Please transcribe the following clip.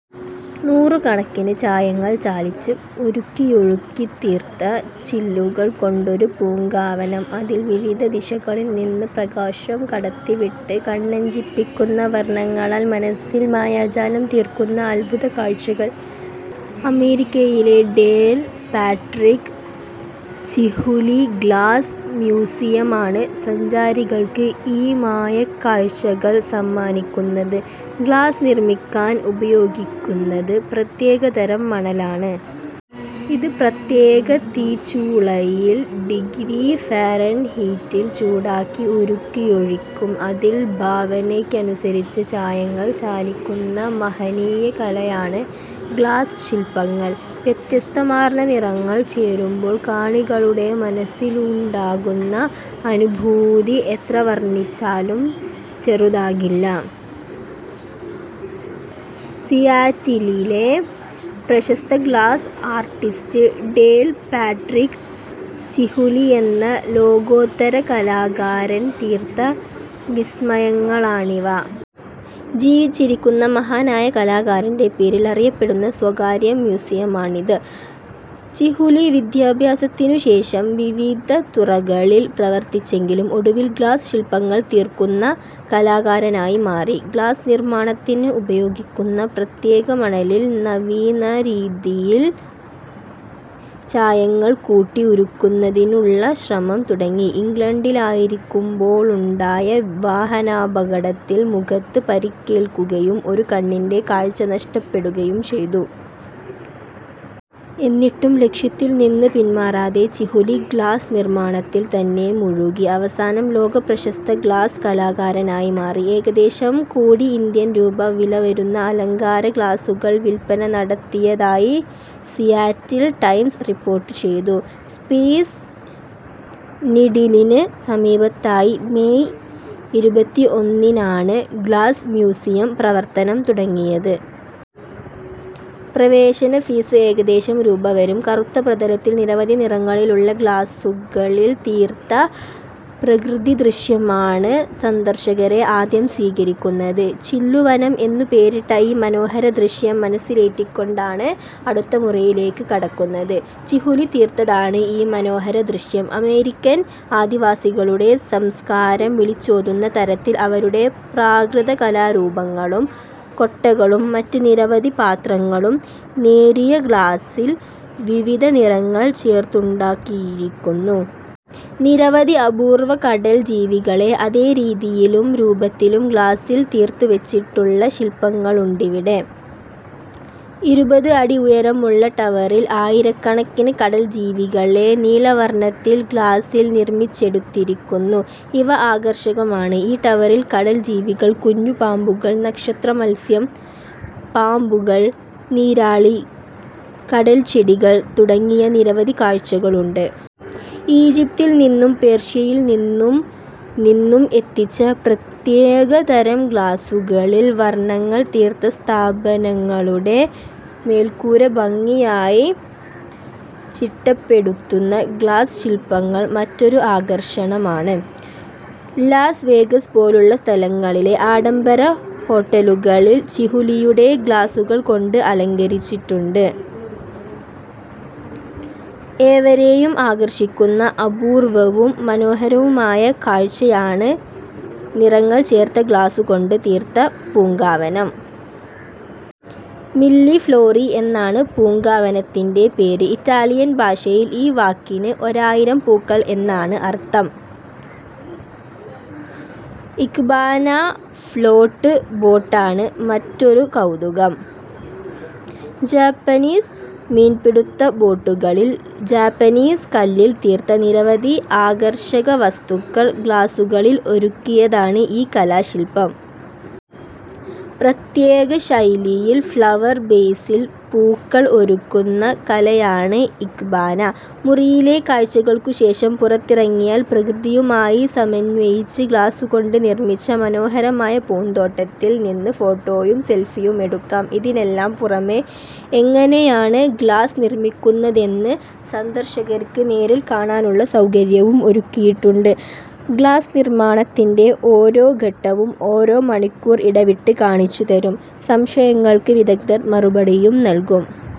നൂറുകണക്കിന് ചായങ്ങൾ ചാലിച്ച് ഉരുക്കിയൊഴുക്കിത്തീർത്ത ചില്ലുകൾ കൊണ്ടൊരു പൂങ്കാവനം. അതിൽ വിവിധ ദിശകളിൽ നിന്ന് പ്രകാശം കടത്തിവിട്ട് കണ്ണഞ്ചിപ്പിക്കുന്ന വർണങ്ങളാൽ മനസിൽ മായാജാലം തീർക്കുന്ന അത്ഭുതക്കാഴ്ചകൾ. അമേരിക്കയിലെ ഡേൽ പാട്രിക് ചിഹുലി ഗ്ലാസ് മ്യൂസിയമാണ് സഞ്ചാരികൾക്ക് ഈ മായക്കാഴ്ചകൾ സമ്മാനിക്കുന്നത്. ഗ്ലാസ് നിർമിക്കാൻ ഉപയോഗിക്കുന്നത് പ്രത്യേകതരം മണലാണ്. ഇത് പ്രത്യേക തീച്ചൂളയിൽ ഡിഗ്രി ഫാരെൻഹീറ്റിൽ ചൂടാക്കി ഉരുക്കിയൊഴിക്കും. അതിൽ ഭാവനയ്ക്കനുസരിച്ച് ചായങ്ങൾ ചാലിക്കുന്ന മഹനീയ കലയാണ് ഗ്ലാസ് ശില്പങ്ങൽ. വ്യത്യസ്തമാർന്ന നിറങ്ങൾ ചേരുമ്പോൾ കാണികളുടെ മനസിലുണ്ടാകുന്ന അനുഭൂതി എത്ര വർണിച്ചാലും ചെറുതാകില്ല. സിയാറ്റിലിലെ പ്രശസ്ത ഗ്ലാസ് ആർടിസ്റ്റ് ഡേൽ പാട്രിക് ചിഹുലിയെന്ന ലോകോത്തര കലാകാരൻ തീർത്ത വിസ്മയങ്ങളാണിവ. ജീവിച്ചിരിക്കുന്ന മഹാനായ കലാകാരന്റെ പേരിൽ അറിയപ്പെടുന്ന സ്വകാര്യ മ്യൂസിയമാണിത്. ചിഹുലി വിദ്യാഭ്യാസത്തിനുശേഷം വിവിധ തുറകളിൽ പ്രവർത്തിച്ചെങ്കിലും ഒടുവിൽ ഗ്ലാസ് ശില്പങ്ങൾ തീർക്കുന്ന കലാകാരനായി മാറി. ഗ്ലാസ്നിർമാണത്തിന് ഉപയോഗിക്കുന്ന പ്രത്യേക മണലിൽ നവീനരീതിയിൽ ചായങ്ങൾ കൂട്ടി ഉരുക്കുന്നതിനുള്ള ശ്രമം തുടങ്ങി. ഇംഗ്ലണ്ടിലായിരിക്കുമ്പോളുണ്ടായ വാഹനാപകടത്തിൽ മുഖത്ത് പരിക്കേൽക്കുകയും ഒരു കണ്ണിന്റെ കാഴ്ച നഷ്ടപ്പെടുകയും ചെയ്തു. എന്നിട്ടും ലക്ഷ്യത്തിൽ നിന്ന് പിന്മാറാതെ ചിഹുലി ഗ്ലാസ് നിർമാണത്തിൽ തന്നെ മുഴുകി. അവസാനം ലോകപ്രശസ്ത ഗ്ലാസ് കലാകാരനായി മാറി. ഏകദേശം കോടി ഇന്ത്യൻ രൂപ വിലവരുന്ന അലങ്കാര ഗ്ലാസുകൾ വില്പന നടത്തിയതായി സിയാറ്റിൽ ടൈംസ് റിപ്പോർട്ട് ചെയ്തു. സ്പേസ് നിഡിലിന് സമീപത്തായി മേയ് ഇരുപത്തിഒന്നിനാണ് ഗ്ലാസ് മ്യൂസിയം പ്രവർത്തനം തുടങ്ങിയത്. പ്രവേശന ഫീസ് ഏകദേശം രൂപ വരും. കറുത്ത പ്രതലത്തിൽ നിരവധി നിറങ്ങളിലുള്ള ഗ്ലാസുകളിൽ തീര്ത്ത പ്രകൃതിദൃശ്യമാണ് സന്ദർശകരെ ആദ്യം സ്വീകരിക്കുന്നത്. ചില്ലുവനം എന്നുപേരിട്ട ഈ മനോഹരദൃശ്യം മനസിലേറ്റിക്കൊണ്ടാണ് അടുത്ത മുറിയിലേക്ക് കടക്കുന്നത്. ചിഹുലി തീർത്തതാണ് ഈ മനോഹര ദൃശ്യം. അമേരിക്കൻ ആദിവാസികളുടെ സംസ്കാരം വിളിച്ചോതുന്ന തരത്തിൽ അവരുടെ പ്രാകൃതകലാരൂപങ്ങളും കൊട്ടകളും മറ്റ് നിരവധി പാത്രങ്ങളും നേരിയ ഗ്ലാസിൽ വിവിധ നിറങ്ങൾ ചേർത്തുണ്ടാക്കിയിരിക്കുന്നു. നിരവധി അപൂർവ്വ കടൽ ജീവികളെ അതേരീതിയിലുംരൂപത്തിലും ഗ്ലാസിൽ തീർത്തുവെച്ചിട്ടുള്ള ശില്പങ്ങളുണ്ടിവിടെ. ഇരുപത് അടി ഉയരമുള്ള ടവറിൽ ആയിരക്കണക്കിന് കടൽ ജീവികളെ നീലവർണ്ണത്തിൽ ഗ്ലാസിൽ നിർമിച്ചെടുത്തിരിക്കുന്നു. ഇവ ആകർഷകമാണ്. ഈ ടവറിൽ കടൽ ജീവികൾ, കുഞ്ഞുപാമ്പുകൾ, നക്ഷത്ര മത്സ്യം, പാമ്പുകൾ, നീരാളി, കടൽച്ചെടികൾ തുടങ്ങിയ നിരവധി കാഴ്ചകളുണ്ട്. ഈജിപ്തിൽ നിന്നും പേർഷ്യയിൽനിന്നും നിന്നും എത്തിച്ച പ്രത്യേകതരം ഗ്ലാസുകളിൽ വർണ്ണങ്ങൾ തീർത്ത സ്ഥാപനങ്ങളുടെ മേൽക്കൂര ഭംഗിയായി ചിട്ടപ്പെടുത്തുന്ന ഗ്ലാസ് ശില്പങ്ങൾ മറ്റൊരു ആകർഷണമാണ്. ലാസ് വേഗസ് പോലുള്ള സ്ഥലങ്ങളിലെ ആഡംബര ഹോട്ടലുകളിൽ ചിഹുലിയുടെ ഗ്ലാസുകൾ കൊണ്ട് അലങ്കരിച്ചിട്ടുണ്ട്. ഏവരേയും ആകർശിക്കുന്ന അപൂർവ്വവും മനോഹരവുമായ കാഴ്ചയാണ് നിറങ്ങൾ ചേർത്ത ഗ്ലാസുകൊണ്ട് തീർത്ത പൂങ്കാവനം. മില്ലി ഫ്ലോറി എന്നാണ് പൂങ്കാവനത്തിന്റെ പേര്. ഇറ്റാലിയൻ ഭാഷയിൽ ഈ വാക്കിന് ഒരായിരം പൂക്കൾ എന്നാണ് അർത്ഥം. ഇക്ബാന ഫ്ളോട്ട് ബോട്ടാണ് മറ്റൊരു കൗതുകം. ജാപ്പനീസ് മീൻപിടുത്ത ബോട്ടുകളിൽ, ജാപ്പനീസ് കല്ലിൽ തീർത്ത നിരവധി ആകർഷക വസ്തുക്കൾ ഗ്ലാസുകളിൽ ഒരുക്കിയതാണ് ഈ കലാശില്പം. പ്രത്യേകശൈലിയിൽ ഫ്ളവർ ബേസിൽ പൂക്കൾ ഒരുക്കുന്ന കലയാണ് ഇക്ബാന. മുറിയിലെ കാഴ്ചകൾക്കു ശേഷം പുറത്തിറങ്ങിയാൽ പ്രകൃതിയുമായി സമന്വയിച്ച് ഗ്ലാസുകൊണ്ട് നിർമ്മിച്ച മനോഹരമായ പൂന്തോട്ടത്തിൽ നിന്ന് ഫോട്ടോയും സെൽഫിയുമെടുക്കാം. ഇതിനെല്ലാം പുറമേ എങ്ങനെയാണ് ഗ്ലാസ് നിർമിക്കുന്നതെന്ന് സന്ദര്ശകർക്ക് നേരിൽ കാണാനുള്ള സൗകര്യവും ഒരുക്കിയിട്ടുണ്ട്. ഗ്ലാസ് നിർമ്മാണത്തിന്റെ ഓരോ ഘട്ടവും ഓരോ മണിക്കൂർ ഇടവിട്ട് കാണിച്ചുതരും. സംശയങ്ങൾക്ക് വിദഗ്ധർ മറുപടിയും നൽകും.